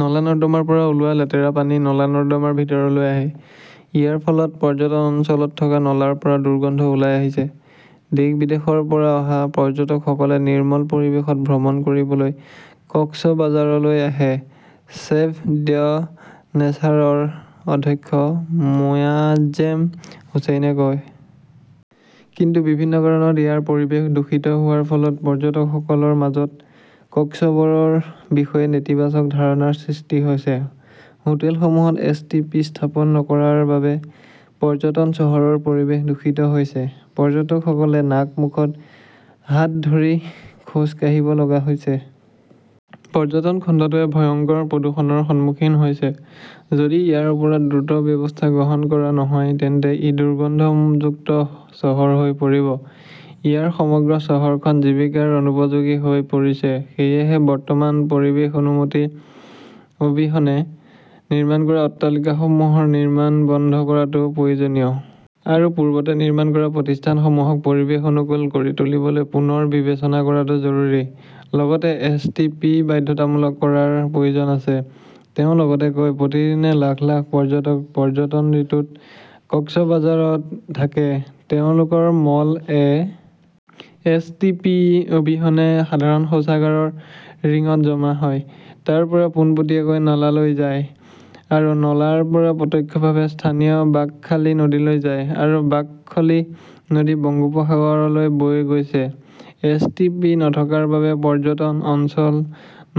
নলা-নৰ্দমাৰ পৰা ওলোৱা লেতেৰা পানী নলা-নৰ্দমাৰ ভিতৰলৈ আহে। ইয়াৰ ফলত পৰ্যটন অঞ্চলত থকা নলাৰ পৰা দুৰ্গন্ধ ওলাই আহিছে। দেশ-বিদেশৰ পৰা অহা পৰ্যটকসকলে নিৰ্মল পৰিৱেশত ভ্ৰমণ কৰিবলৈ কক্সবাজাৰলৈ আহে, চেভ দ্য নেচাৰৰ অধ্যক্ষ মোয়াজ্জেম হোছেইনে কয়। কিন্তু বিভিন্ন কাৰণত ইয়াৰ পৰিৱেশ দূষিত হোৱাৰ ফলত পৰ্যটকসকলৰ মাজত কক্সবৰৰ বিষয়ে নেতিবাচক ধাৰণাৰ সৃষ্টি হৈছে। হোটেলসমূহত এছ. টি. পি. স্থাপন নকৰাৰ বাবে পৰ্যটন চহৰৰ পৰিৱেশ দূষিত হৈছে। পৰ্যটকসকলে নাক-মুখত হাত ধৰি খোজ কাঢ়িব লগা হৈছে। পৰ্যটন খণ্ডটোৱে ভয়ংকৰ প্ৰদূষণৰ সন্মুখীন হৈছে। যদি ইয়াৰ ওপৰত দ্ৰুত ব্যৱস্থা গ্ৰহণ কৰা নহয় তেন্তে ই দুৰ্গন্ধযুক্ত চহৰ হৈ পৰিব। ইয়াত সমগ্ৰ চহৰখন জীৱিকাৰ অনুপযোগী হৈ পৰিছে। সেয়েহে, বৰ্তমান পৰিৱেশ অনুমতি অবিহনে নিৰ্মাণ কৰা অট্টালিকাসমূহৰ নিৰ্মাণ বন্ধ কৰাটো প্ৰয়োজনীয়। আৰু পূৰ্বতে নিৰ্মাণ কৰা প্ৰতিষ্ঠানসমূহক পৰিৱেশ অনুকূল কৰি তুলিবলৈ পুনৰ বিবেচনা কৰাটো জৰুৰী। লগতে এছ. টি. পি. বাধ্যতামূলক কৰাৰ প্ৰয়োজন আছে। তেওঁ লগতে কয়, প্ৰতিদিনে লাখ লাখ পৰ্যটক পৰ্যটন ঋতুত কক্সবাঝাৰত থাকে। তেওঁলোকৰ মল এ. এছ. টি. পি. অবিহনে সাধাৰণ শৌচাগাৰৰ ৰিঙত জমা হয়। তাৰ পৰা পোনপটীয়াকৈ নালালৈ যায়। আৰু নলাৰ পৰা প্ৰত্যক্ষভাৱে স্থানীয় বাঁকখালী নদীলৈ যায়। আৰু বাকখলী নদী বংগোপসাগৰলৈ বৈ গৈছে। এছ. টি. পি. নথকাৰ বাবে পৰ্যটন, অঞ্চল,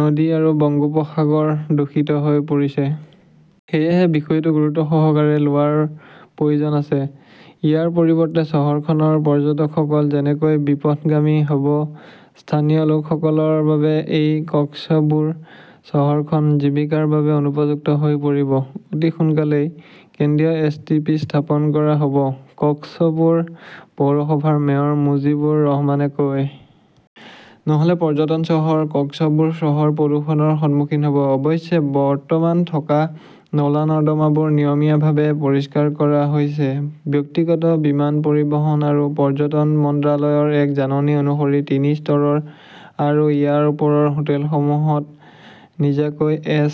নদী আৰু বংগোপসাগৰ দূষিত হৈ পৰিছে। সেয়েহে বিষয়টো গুৰুত্বসহকাৰে লোৱাৰ প্ৰয়োজন আছে। ইয়াৰ পৰিৱৰ্তে, চহৰখনৰ পৰ্যটকসকল যেনেকৈ বিপথগামী হ'ব, স্থানীয় লোকসকলৰ বাবে এই কক্সবুৰ চহৰখন জীৱিকাৰ বাবে অনুপযুক্ত হৈ পৰিব। অতি সোনকালেই কেন্দ্ৰীয় এছ. টি. পি. স্থাপন কৰা হ'ব, কক্সপুৰ পৌৰসভাৰ মেয়ৰ মুজিবুৰ ৰহমানে কয়। নহ'লে পৰ্যটন চহৰ কক্সবুৰ চহৰ প্ৰদূষণৰ সন্মুখীন হ'ব। অৱশ্যে, বৰ্তমান থকা নলা-নৰ্দমাবোৰ নিয়মীয়াভাৱে পৰিষ্কাৰ কৰা হৈছে। ব্যক্তিগত বিমান পৰিবহণ আৰু পৰ্যটন মন্ত্ৰালয়ৰ এক জাননী অনুসৰি তিনি স্তৰৰ আৰু ইয়াৰ ওপৰৰ হোটেলসমূহত নিজাকৈ এছ.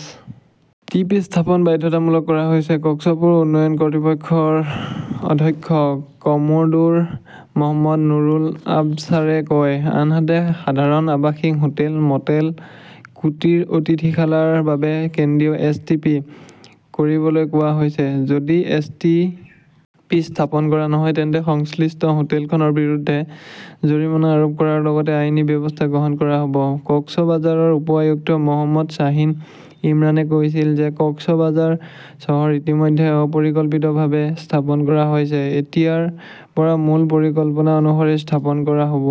টি. পি. স্থাপন বাধ্যতামূলক কৰা হৈছে, কক্সপুৰ উন্নয়ন কৰ্তৃপক্ষৰ অধ্যক্ষ কমোডোৰ মহম্মদ নুৰুল আবচাৰে কয়। আনহাতে, সাধাৰণ আৱাসিক হোটেল, মটেল, কুটিৰ, অতিথিশালাৰ বাবে কেন্দ্ৰীয় এছ. টি. পি. কৰিবলৈ কোৱা হৈছে। যদি এছ. টি. পি. স্থাপন কৰা নহয়, তেন্তে সংশ্লিষ্ট হোটেলখনৰ বিৰুদ্ধে জৰিমনা আৰোপ কৰাৰ লগতে আইনী ব্যৱস্থা গ্ৰহণ কৰা হ 'ব। কক্সবাজাৰৰ উপ-আয়ুক্ত মহম্মদ শ্বাহিন ইমৰানে কৈছিল যে কক্সবাজাৰ চহৰ ইতিমধ্যে অপৰিকল্পিতভাৱে স্থাপন কৰা হৈছে। এতিয়াৰ পৰা মূল পৰিকল্পনা অনুসৰি স্থাপন কৰা হ'ব।